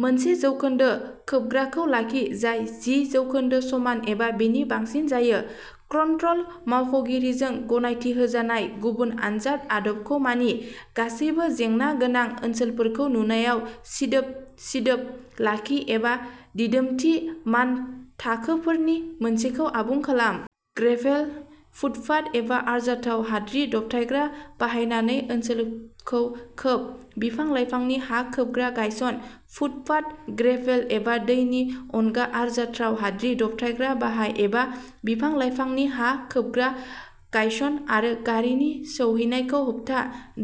मोनसे जौखोन्दो खोबग्राखौ लाखि जाय जि जौखोन्दो समान एबा बेनि बांसिन जायो। कन्ट्रल मावख'गिरिजों गनायथि होजानाय गुबुन आनजाद आदबखौ मानि। गासैबो जेंना गोनां ओनसोलफोरखौ नुनायाव सिदोब-सिदोब लाखि एबा दिदोमथि मानथाखोफोरनि मोनसेखौ आबुं खालाम। ग्रेभेल, फुटपाथ, एबा आरजाथाव हाद्रि दबथायग्रा बाहायनानै ओनसोलखौ खोब। बिफां-लाइफांनि हा खोबग्रा गायसन। फुटपाथ, ग्रेभेल एबा दैनि अनगा आरजाथाव हाद्रि दबथायग्रा बाहाय एबा बिफां-लाइफांनि हा खोबग्रा गायस'न आरो गारिनि सौहैनायखौ होबथा।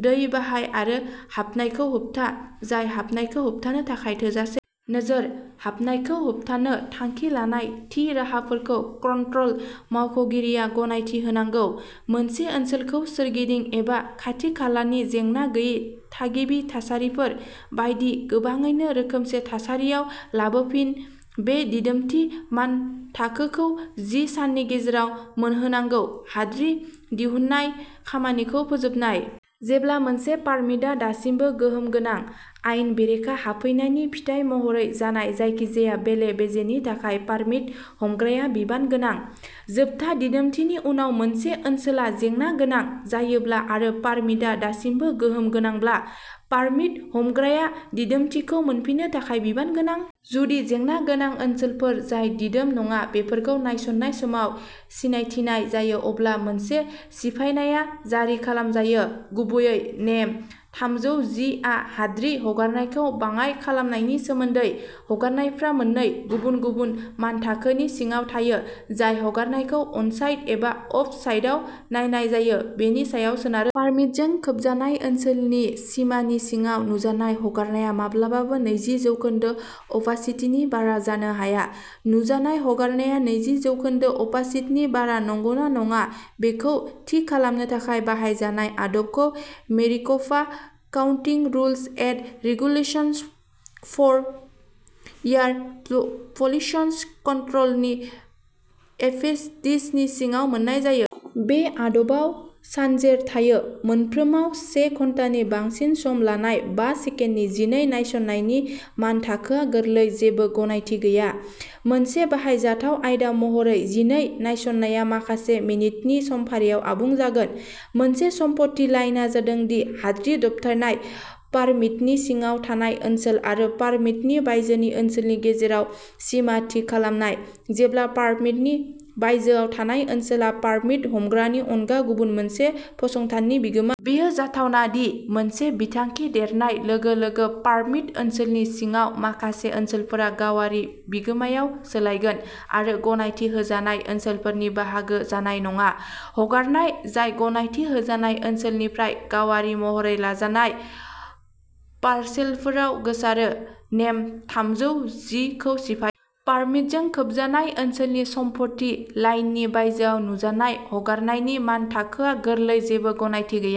दै बाहाय आरो हाबनायखौ होबथा जाय हाबनायखौ होबथानो थाखाय थोजासे। नोजोरः हाबनायखौ होबथानो थांखि लानाय थि राहाफोरखौ कन्ट्रल मावख'गिरिया गनायथि होनांगौ। मोनसे ओनसोलखौ सोरगिदिं एबा खाथि-खालानि जेंना गैयै थागिबि थासारिफोर बायदि गोबाङैनो रोखोमसे थासारियाव लाबोफिन। बे दिदोमथि मानथाखोखौ जि साननि गेजेराव मोनहोनांगौ। हाद्रि दिहुन्नाय खामानिखौ फोजोबनाय। जेब्ला मोनसे पारमिटआ दासिमबो गोहोम गोनां, आयेन बेरेखा हाबफैनायनि फिथाय महरै जानाय जायखिजाया बेले-बेजेनि थाखाय पारमिट हमग्राया बिबान गोनां। जोबथा दिदोमथिनि उनाव मोनसे ओनसोला जेंना गोनां जायोब्ला आरो पारमिटआ दासिमबो गोहोम गोनांब्ला, पारमिट हमग्राया दिदोमथिखौ मोनफिननो थाखाय बिबान गोनां। जुदि जेंना गोनां ओनसोलफोर जाय दिदोम नङा बेफोरखौ नायसंनाय समाव सिनायथिनाय जायो, अब्ला मोनसे सिफायनाया जारि खालामजायो। गुबैयै, नेम थामजौ जि आ हाद्रि हगारनायखौ बाङाइ खालामनायनि सोमोन्दै। हगारनायफोरा मोननै गुबुन-गुबुन मानथाखोनि सिङाव थायो, जाय हगारनायखौ अनसाइट एबा अफ-साइटआव नायनाय जायो बेनि सायाव सोनारो। पारमिटजों खोबजानाय ओनसोलनि सिमानि सिङाव, नुजानाय हगारनाया माब्लाबाबो नैजि जौखोन्दो अपासिटिनि बारा जानो हाया। नुजानाय हगारनाया नैजि जौखोन्दो अपासिटिनि बारा नंगौना नङा बेखौ थि खालामनो थाखाय बाहायजानाय आदबखौ Maricopa county rules and regulations for air pollution कन्ट्र'लनि एपेनडिक सि आव मोन्नाय जायो। बे आदबाव सानजेर थायो। मोनफ्रोमाव से घन्टानि बांसिन सम लानाय बा सेकेन्डनि जिनै नायसंनायनि मानथाखोआ गोरलै जेबो गनायथि गैया। मोनसे बाहायजाथाव आयदा महरै जिनै नायसंनाया माखासे मिनिटनि समफारियाव आबुं जागोन। मोनसे सम्पथि लाइनआ जादों दि हाद्रि दबथायनाय पारमिटनि सिङाव थानाय ओनसोल आरो पारमिटनि बायजोनि ओनसोलनि गेजेराव सिमा थि खालामनाय, जेब्ला पारमिटनि बायजोआव थानाय ओनसोला पारमिट हमग्रानि अनगा गुबुन मोनसे फसंथाननि बिगोमा। बेयो जाथावना दि, मोनसे बिथांखि देरनाय लोगो-लोगो, पारमिट ओनसोलनि सिङाव माखासे ओनसोलफोरा गावारि बिगोमायाव सोलायगोन आरो गनायथि होजानाय ओनसोलनि बाहागो जानाय नङा। हगारनाय जाय गनायथि होजानाय ओनसोलनिफ्राय गावारि महरै लाजानाय पारसेलफोराव गोसारो, नेम थामजौ जि खौ सिफायो। पारमिटजों खोबजानाय ओनसोलनि सम्पथि लाइननि बायजोआव नुजानाय हगारनायनि मानथाखोआ गोरलै जेबो गनायथि गैया।